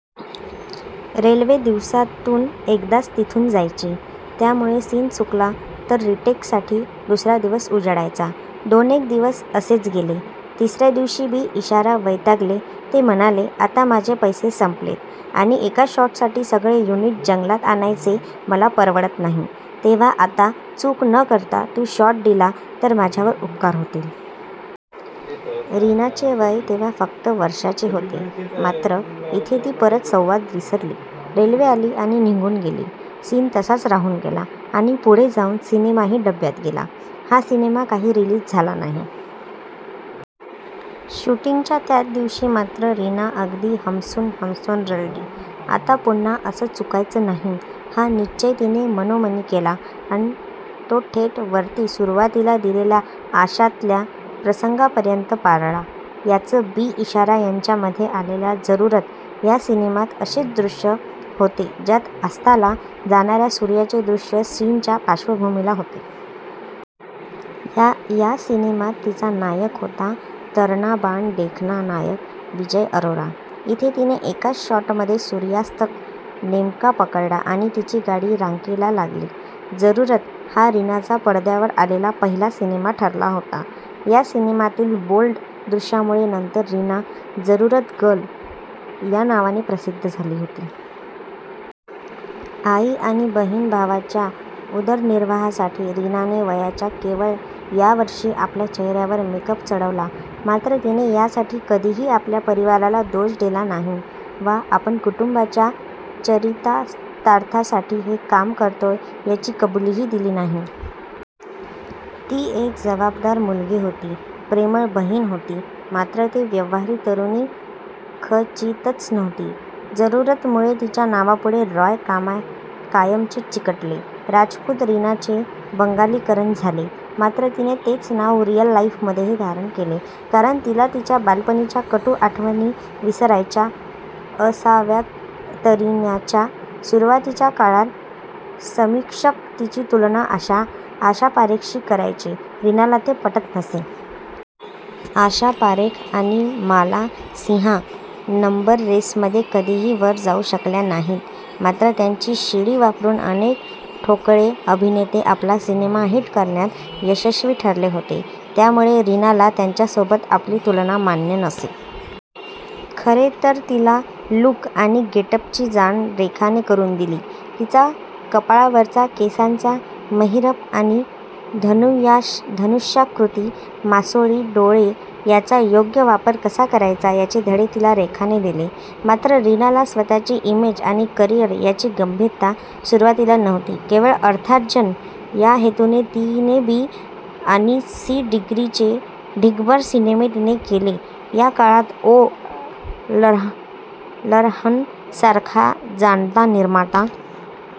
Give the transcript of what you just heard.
Railway दिवसातून एकदाच तिथून जायची. त्यामुळे सीन चुकला तर रिटेकसाठी दुसरा दिवस उजडायचा. दोनेक दिवस असेच गेले, तिसरया दिवशी बी. इशारा वैतागले ते म्हणाले आता माझे पैसे संपलेत आणि एका शॉटसाठी सगळे युनिट जंगलात आणायचे मला परवडत नाही तेंव्हा आता चूक न करता तू शॉट दिला तर माझ्यावर उपकार होतील. रीनाचे वय तेंव्हा फक्त वर्षांचे होते! मात्र इथे ती परत संवाद विसरली, रेल्वे आली आणि निघून गेली. सीन तसाच राहून गेला आणि पुढे जाऊन सिनेमाही डब्यात गेला. हा सिनेमा काही रिलीज झाला नाही. शुटींगच्या त्या दिवशी मात्र रीना अगदी हमसून हमसून रडली. आत पुन्हा असं चुकायचे नाही हा निश्चय तिने मनोमनी केला अन तो थेट वरती सुरुवातीला दिलेल्या 'आशा'तल्या प्रसंगापर्यंत पाळला! याच बी. इशारा यांच्या मध्ये आलेल्या 'जरुरत' या सिनेमात असेच दृश्य होते ज्यात अस्ताला जाणारया सूर्याचे दृश्य सीनच्या पार्श्वभूमीला होते. या सिनेमात तिचा नायक होता तरणाबांड देखणा नायक विजय अरोरा! इथे तिने एकाच शॉटमध्ये सूर्यास्त नेमका पकडला आणि तिची गाडी रांकेला लागली. 'जरुरत' हा रीनाचा पडद्यावर आलेला पहिला सिनेमा ठरला होता. या सिनेमातील बोल्ड दृश्यामुळे नंतर रीना 'जरुरत गर्ल' या नावाने प्रसिद्ध झाली होती. आई आणि बहिण-भावांच्या उदरनिर्वाहासाठी रीनाने वयाच्या केवळ व्या वर्षी आपल्या चेहऱ्यावर मेकअप चढवला मात्र तिने यासाठी कधीही आपल्या परिवाराला दोष दिला नाही वा आपण कुटुंबाच्या चरितार्थासाठी हे काम करतोय याची कबुलीही दिली नाही. ती एक जबाबदार मुलगी होती, प्रेमळ बहिण होती मात्र ती व्यवहारी तरुणी खचितच नव्हती! जरुरतमुळे तिच्या नावापुढे रॉय कायमचे चिकटले. राजपूत रीनाचे बंगालीकरण झाले, मात्र तिने तेच नाव रिअल लाईफमध्येही धारण केले कारण तिला तिच्या बालपणीच्या कटू आठवणीविसरायच्या असाव्यातरीनाच्या सुरुवातीच्या काळात समीक्षक तिची तुलना आशा पारेखशी करायचे, रीनाला ते पटत नसे. आशा पारेख आणि माला सिन्हा नंबर रेसमध्ये कधीही वर जाऊ शकल्या नाहीत मात्र त्यांची शिडी वापरून अनेक ठोकळे अभिनेते आपला सिनेमा हिट करण्यात यशस्वी ठरले होते त्यामुळे रीनाला त्यांच्यासोबत आपली तुलना मान्य नसे. खरे तर तिला 'लुक' आणि 'गेटअप'ची जाण रेखाने करून दिली. तिचा कपाळावरचा केसांचा महिरप आणि धनुष्याकृती मासोळी डोळे याचा योग्य वापर कसा करायचा याचे धडे तिला रेखाने दिले. मात्र रीनाला स्वतःची इमेज आणि करीअर यांची गंभीरता सुरुवातीला नव्हती, केवळ अर्थार्जन ह्या हेतूने तिने बी आणि सी ग्रेडचे ढीगभर सिनेमे तिने केले. या काळात ओ. रल्हन सारखा जाणता निर्माता